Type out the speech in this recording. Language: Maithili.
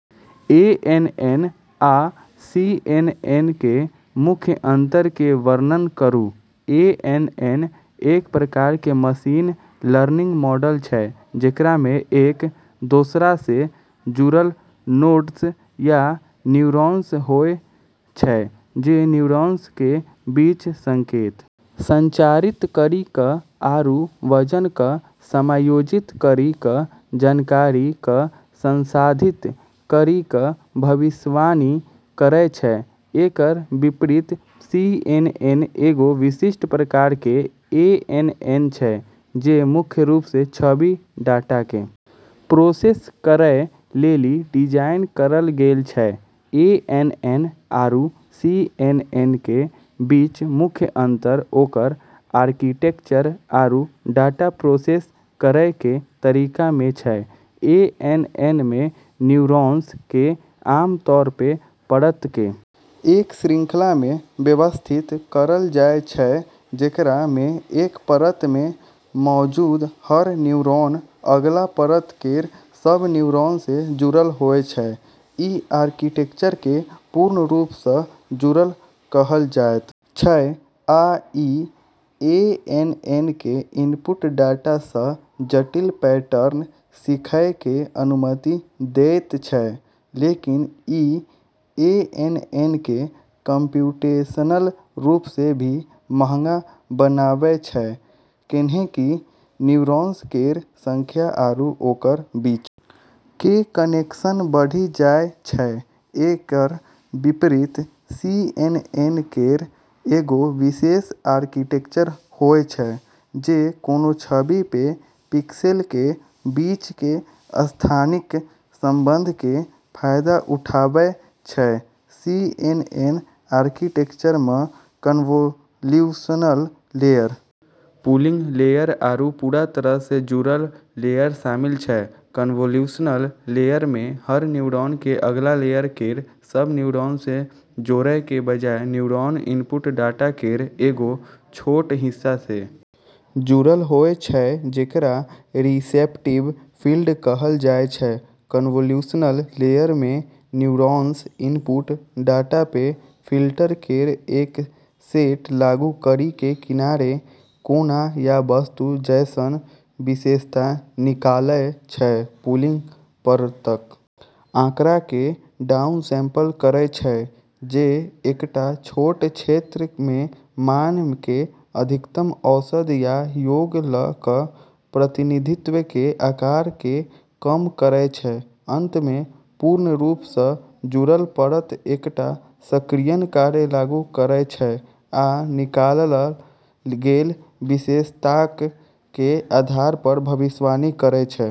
एएनएन आ सीएनएन के मुख्य अंतर के वर्णन करू एएनएन एक प्रकार के मशीन लर्निंग मॉडल छै जेकरा मे एक दोसरा से जुड़लऽ नोड्स या न्यूरॉन्स होय छै जे न्यूरॉन्स के बीच संकेत संचारित करी क आरू वजन क समायोजित करी क जानकारी क संसाधित करी क भविष्यवाणी करै छै, एकरऽ विपरीत, सीएनएन एगो विशिष्ट प्रकार के एएनएन छै जे मुख्य रूप से छवि डाटा के प्रोसेस करै लेली डिजाइन करलऽ गेलऽ छै, एएनएन आरू सीएनएन के बीच मुख्य अंतर ओकरऽ आर्किटेक्चर आरू डाटा प्रोसेस करै के तरीका मे छै, एएनएन मे न्यूरॉन्स के आम तौर पे परतऽ के एक श्रृंखला मे व्यवस्थित करलऽ जाय छै जेकरा मे एक परत मे मौजूद हर न्यूरॉन अगला परत केरऽ सब न्यूरॉन से जुड़लऽ होय छै, इ आर्किटेक्चर कें पूर्ण रूप सं जुड़ल कहल जायत छै आ इ एएनएन कें इनपुट डाटा सं जटिल पैटर्न सीखय कें अनुमति देयत छै, लेकिन ई एएनएन के कम्प्यूटेशनल रूप से भी महंगा बनाबै छै, कैन्हेंकि न्यूरॉन्स केरऽ संख्या आरू ओकरऽ बीच के कनेक्शन बढ़ी जाय छै, एकरऽ विपरीत, सीएनएन केरऽ एगो विशेष आर्किटेक्चर होय छै जे कोनो छवि मे पिक्सेल के बीच के स्थानिक संबंध के फायदा उठाबै छै, सीएनएन आर्किटेक्चर म॑ कन्वोल्यूशनल लेयर, पूलिंग लेयर, आरू पूरा तरह से जुड़लऽ लेयर शामिल छै, कन्वोल्यूशनल लेयरऽ मे हर न्यूरॉन के अगला लेयर केरऽ सब न्यूरॉन से जोड़ै के बजाय न्यूरॉन इनपुट डाटा केरऽ एगो छोटऽ हिस्सा से जुड़लऽ होय छै जेकरा रिसेप्टिव फील्ड कहलऽ जाय छै, कन्वोल्यूशनल लेयर मे न्यूरॉन्स इनपुट डाटा पे फिल्टर केरऽ एक सेट लागू करी के किनारे, कोना या वस्तु जैसनऽ विशेषता निकालै छै, पूलिंग परतक आँकड़ा कें डाउनसैंपल करय छै जे एकटा छोट क्षेत्र मे मान कें अधिकतम औसत या योग ल क प्रतिनिधित्व कें आकार कें कम करय छै, अंत मे पूर्ण रूप सं जुड़ल परत एकटा सक्रियण कार्य लागू करय छै आ निकालल गेल विशेषताक कें आधार पर भविष्यवाणी करय छै।